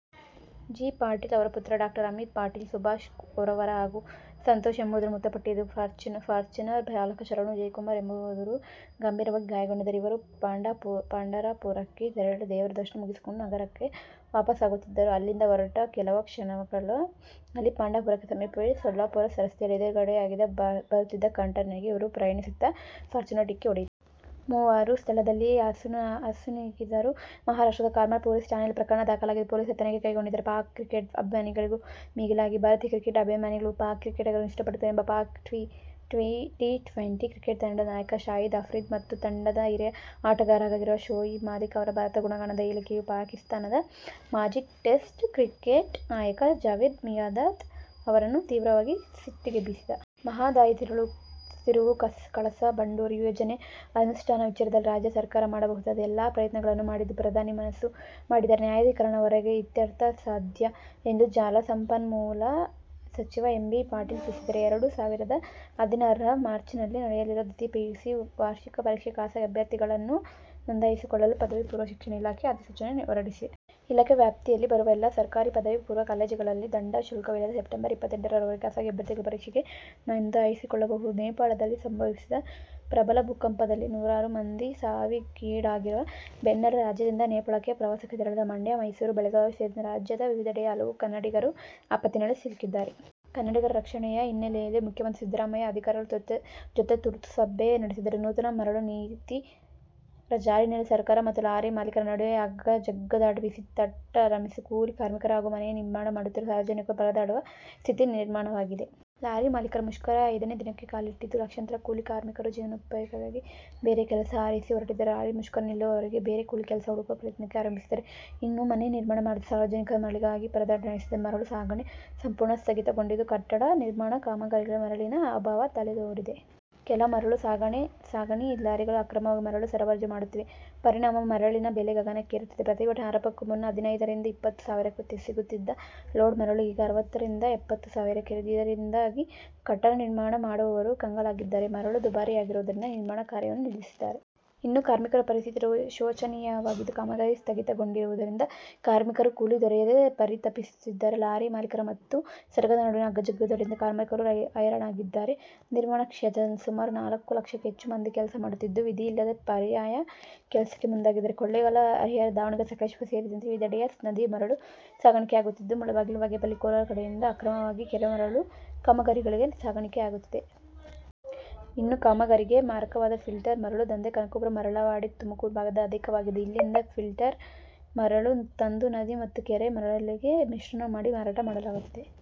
G. Patil ಅವರ ಪುತ್ರ ಡಾ. ಅಮೀತ್ ಪಾಟೀಲ, ಸುಭಾಷ ಕೋರವಾರ ಹಾಗೂ ಸಂತೋಷ ಎಂಬುವರು ಮೃತಪಟ್ಟಿದ್ದು, ಫಾರ್ಚೂನರ್ ಚಾಲಕ ಶರಣು ವಿಜಯಕುಮಾರ ಎಂಬುವರು ಗಂಭೀರವಾಗಿ ಗಾಯಗೊಂಡಿದ್ದಾರೆ. ಇವರು ಪಂಢರಾಪುರಕ್ಕೆ ತೆರಳಿ, ದೇವರ ದರ್ಶನ ಮುಗಿಸಿಕೊಂಡು ನಗರಕ್ಕೆ ವಾಪಸ್ಸಾಗುತ್ತಿದ್ದರು. ಅಲ್ಲಿಂದ ಹೊರಟ ಕೆಲವೇ ಕ್ಷಣಗಳಲ್ಲಿ ಪಂಢರಾಪುರಕ್ಕೆ ಸಮೀಪವೇ ಸೊಲ್ಲಾಪುರ ರಸ್ತೆಯಲ್ಲಿ ಎದುರುಗಡೆಯಿಂದ ಬರುತ್ತಿದ್ದ ಕಂಟೇನರ್ಗೆ ಇವರು ಪ್ರಯಾಣಿಸುತ್ತಿದ್ದ ಫಾರ್ಚೂನರ್ ಡಿಕ್ಕಿ ಹೊಡೆಯಿತು. ಮೂವರೂ ಸ್ಥಳದಲ್ಲಿಯೇ ಅಸುನೀಗಿದರು. ಮಹಾರಾಷ್ಟ್ರದ ಕರ್ಮಲಾ ಪೊಲೀಸ್ ಠಾಣೆಯಲ್ಲಿ ಪ್ರಕರಣ ದಾಖಲಾಗಿದ್ದು, ಪೊಲೀಸರು ತನಿಖೆ ಕೈಗೊಂಡಿದ್ದಾರೆ. ಪಾಕ್ ಕ್ರಿಕೆಟ್ ಅಭಿಮಾನಿಗಳಿಗೂ ಮಿಗಿಲಾಗಿ ಭಾರತೀಯ ಕ್ರಿಕೆಟ್ ಅಭಿಮಾನಿಗಳು ಪಾಕ್ ಕ್ರಿಕೆಟಿಗರನ್ನು ಇಷ್ಟಪಡುತ್ತಾರೆ ಎಂಬ ಪಾಕ್ ಟಿ-ಟ್ವೆಂಟಿ ಕ್ರಿಕೆಟ್ ತಂಡದ ನಾಯಕ ಶಾಹಿದ್ ಆಫ್ರಿದಿ ಮತ್ತು ತಂಡದ ಹಿರಿಯ ಆಟಗಾರರಾಗಿರುವ ಶೋಯಿಬ್ ಮಲಿಕ್ ಅವರ ಭಾರತ ಗುಣಗಾನದ ಹೇಳಿಕೆಯು ಪಾಕಿಸ್ಥಾನದ ಮಾಜಿ ಟೆಸ್ಟ್ ಕ್ರಿಕೆಟ್ ನಾಯಕ ಜಾವೇದ್ ಮಿಯಾದಾದ್ ಅವರನ್ನು ತೀವ್ರವಾಗಿ ಸಿಟ್ಟಿಗೆಬ್ಬಿಸಿದೆ. ಮಹದಾಯಿ ತಿರುವು, ಕಳಸಾ-ಬಂಡೂರಿ ಯೋಜನೆ ಅನುಷ್ಟಾನ ವಿಚಾರದಲ್ಲಿ ರಾಜ್ಯ ಸರ್ಕಾರ ಮಾಡಬಹುದಾದ ಎಲ್ಲ ಪ್ರಯತ್ನಗಳನ್ನೂ ಮಾಡಿದ್ದು ಪ್ರಧಾನಿ ಮನಸ್ಸು ಮಾಡಿದರೆ ನ್ಯಾಯಾಧೀಕರಣದ ಹೊರಗೆ ಇತ್ಯರ್ಥ ಸಾಧ್ಯ ಎಂದು ಜಲಸಂಪನ್ಮೂಲ ಸಚಿವ ಎಂ. ಬಿ. ಪಾಟೀಲ್ ತಿಳಿಸಿದ್ದಾರೆ. ಎರಡು ಸಾವಿರದ ಹದಿನಾರರ ಮಾರ್ಚ್ನಲ್ಲಿ ನಡೆಯಲಿರುವ ದ್ವಿತೀಯ ಪಿಯುಸಿ ವಾರ್ಷಿಕ ಪರೀಕ್ಷೆಗೆ ಖಾಸಗಿ ಅಭ್ಯರ್ಥಿಗಳನ್ನು ನೋಂದಾಯಿಸಿಕೊಳ್ಳಲು ಪದವಿ ಪೂರ್ವ ಶಿಕ್ಷಣ ಇಲಾಖೆ ಅಧಿಸೂಚನೆ ಹೊರಡಿಸಿದೆ. ಇಲಾಖೆ ವ್ಯಾಪ್ತಿಯಲ್ಲಿ ಬರುವ ಎಲ್ಲಾ ಸರ್ಕಾರಿ ಪದವಿ ಪೂರ್ವ ಕಾಲೇಜುಗಳಲ್ಲಿ ದಂಡ ಶುಲ್ಕವಿಲ್ಲದೆ ಸೆಪ್ಟೆಂಬರ್ರ ಇಪ್ಪತೆಂಟರವರೆಗೂ ಖಾಸಗಿ ಅಭ್ಯರ್ಥಿಗಳನ್ನು ಪರೀಕ್ಷೆಗೆ ನೋಂದಾಯಿಸಿಕೊಳ್ಳಬಹುದು. ನೇಪಾಳದಲ್ಲಿ ಸಂಭವಿಸಿದ ಪ್ರಬಲ ಭೂಕಂಪದಲ್ಲಿ ನೂರಾರು ಮಂದಿ ಸಾವಿಗೀಡಾಗಿರುವ ಬೆನ್ನಲ್ಲೇ ರಾಜ್ಯದಿಂದ ನೇಪಾಳಕ್ಕೆ ಪ್ರವಾಸಕ್ಕೆ ತೆರಳಿದ್ದ ಮಂಡ್ಯ, ಮೈಸೂರು, ಬೆಳಗಾವಿ ಸೇರಿದಂತೆ ರಾಜ್ಯದ ವಿವಿಧೆಡೆಯ ಹಲವು ಕನ್ನಡಿಗರು ಆಪತ್ತಿನಲ್ಲಿ ಸಿಲುಕಿದ್ದಾರೆ. ಕನ್ನಡಿಗರ ರಕ್ಷಣೆಯ ಹಿನ್ನೆಲೆಯಲ್ಲಿ ಮುಖ್ಯಮಂತ್ರಿ ಸಿದ್ದರಾಮಯ್ಯ ಅಧಿಕಾರಿಗಳ ಜೊತೆ ತುರ್ತು ಸಭೆ ನಡೆಸಿದ್ದಾರೆ. ನೂತನ ಮರಳು ನೀತಿ ಜಾರಿ ಹಿನ್ನೆಲೆಯಲ್ಲಿ ಸರ್ಕಾರ ಮತ್ತು ಲಾರಿ ಮಾಲೀಕರ ನಡುವಿನ ಹಗ್ಗಾಜಗ್ಗಾಟದ ಬಿಸಿ ತಟ್ಟಲಾರಂಭಿಸಿದ್ದು, ಕೂಲಿ ಕಾರ್ಮಿಕರು ಹಾಗೂ ಮನೆ ನಿರ್ಮಾಣ ಮಾಡುತ್ತಿರುವ ಸಾರ್ವಜನಿಕರು ಪರದಾಡುವ ಸ್ಥಿತಿ ನಿರ್ಮಾಣವಾಗಿದೆ. ಲಾರಿ ಮಾಲೀಕರ ಮುಷ್ಕರ ಐದನೇ ದಿನಕ್ಕೆ ಕಾಲಿಟ್ಟಿದ್ದು, ಲಕ್ಷಾಂತರ ಕೂಲಿ ಕಾರ್ಮಿಕರು ಜೀವನೋಪಾಯಕ್ಕಾಗಿ ಬೇರೆ ಕೆಲಸ ಅರಸಿ ಹೊರಟ್ಟಿದ್ದಾರೆ. ಲಾರಿ ಮುಷ್ಕರ ನಿಲ್ಲುವವರೆಗೂ ಬೇರೆ ಕೂಲಿ ಕೆಲಸ ಹುಡುಕುವ ಪ್ರಯತ್ನಕ್ಕೆ ಆರಂಭಿಸಿದ್ದಾರೆ. ಇನ್ನು ಮನೆ ನಿರ್ಮಾಣ ಮಾಡುತ್ತಿರುವ ಸಾರ್ವಜನಿಕರು ಮರಳಿಗಾಗಿ ಪರದಾಟ ನಡೆಸಿದ್ದಾರೆ. ಮರಳು ಸಾಗಣೆ ಸಂಪೂರ್ಣ ಸ್ಥಗಿತಗೊಂಡಿದ್ದು, ಕಟ್ಟಡ ನಿರ್ಮಾಣ ಕಾಮಗಾರಿಗಳಿಗೆ ಮರಳಿನ ಅಭಾವ ತಲೆದೋರಿದೆ. ಕೆಲ ಮರಳು ಸಾಗಣೆ ಲಾರಿಗಳು ಅಕ್ರಮವಾಗಿ ಮರಳು ಸರಬರಾಜು ಮಾಡುತ್ತಿವೆ. ಪರಿಣಾಮ ಮರಳಿನ ಬೆಲೆ ಗಗನಕ್ಕೇರುತ್ತಿದ್ದು, ಪ್ರತಿಭಟನೆ ಆರಂಭಕ್ಕೂ ಮುನ್ನ ಹದಿನೈದರಿಂದ ಇಪ್ಪತ್ತು ಸಾವಿರಕ್ಕೆ ಸಿಗುತ್ತಿದ್ದ ಲೋಡ್ ಮರಳು ಈಗ ಅರವತ್ತು ರಿಂದ ಎಪ್ಪತ್ತು ಸಾವಿರಕ್ಕೇರಿದೆ. ಇದರಿಂದಾಗಿ ಕಟ್ಟಡ ನಿರ್ಮಾಣ ಮಾಡುವವರು ಕಂಗಾಲಾಗಿದ್ದಾರೆ. ಮರಳು ದುಬಾರಿಯಾಗಿರುವುದರಿಂದ ನಿರ್ಮಾಣ ಕಾರ್ಯವನ್ನು ನಿಲ್ಲಿಸಿದ್ದಾರೆ. ಇನ್ನು ಕಾರ್ಮಿಕರ ಪರಿಸ್ಥಿತಿ ಶೋಚನೀಯವಾಗಿದ್ದು, ಕಾಮಗಾರಿ ಸ್ಥಗಿತಗೊಂಡಿರುವುದರಿಂದ ಕಾರ್ಮಿಕರು ಕೂಲಿ ದೊರೆಯದೆ ಪರಿತಪಿಸುತ್ತಿದ್ದಾರೆ. ಲಾರಿ ಮಾಲೀಕರ ಮತ್ತು ಸರ್ಕಾರದ ನಡುವಿನ ಹಗ್ಗಾಜಗ್ಗಾಟದಿಂದಾಗಿ ಕಾರ್ಮಿಕರು ಹೈರಾಣಾಗಿದ್ದಾರೆ. ನಿರ್ಮಾಣ ಕ್ಷೇತ್ರದಲ್ಲಿ ಸುಮಾರು ನಾಲ್ಕು ಲಕ್ಷಕ್ಕೂ ಹೆಚ್ಚು ಮಂದಿ ಕೆಲಸ ಮಾಡುತ್ತಿದ್ದು, ವಿಧಿ ಇಲ್ಲದೆ ಪರ್ಯಾಯ ಕೆಲಸಕ್ಕೆ ಮುಂದಾಗಿದ್ದಾರೆ. ಕೊಳ್ಳೇಗಾಲ, ಹರಿಹರ, ದಾವಣಗೆರೆ, ಸಕಲೇಶಪುರ ಸೇರಿದಂತೆ ವಿವಿಧೆಡೆಯಿಂದ ನದಿ ಮರಳು ಸಾಗಾಣಿಕೆಯಾಗುತ್ತಿದ್ದು, ಮುಳಬಾಗಿಲು, ಬಾಗೇಪಲ್ಲಿ, ಕೋಲಾರ ಕಡೆಯಿಂದ ಅಕ್ರಮವಾಗಿ ಕೆರೆ ಮರಳು ಕಾಮಗಾರಿಗಳಿಗೆ ಸಾಗಾಣಿಕೆಯಾಗುತ್ತಿದೆ. ಇನ್ನು ಕಾಮಗಾರಿಗೆ ಮಾರಕವಾದ ಫಿಲ್ಟರ್ ಮರಳು ದಂಧೆ ಕನಕಪುರ, ಮರಳವಾಡಿ, ತುಮಕೂರು ಭಾಗದಲ್ಲಿ ಅಧಿಕವಾಗಿದೆ. ಇಲ್ಲಿಂದ ಫಿಲ್ಟರ್ ಮರಳು ತಂದು ನದಿ ಮತ್ತು ಕೆರೆ ಮರಳಿಗೆ ಮಿಶ್ರಣ ಮಾಡಿ ಮಾರಾಟ ಮಾಡಲಾಗುತ್ತಿದೆ.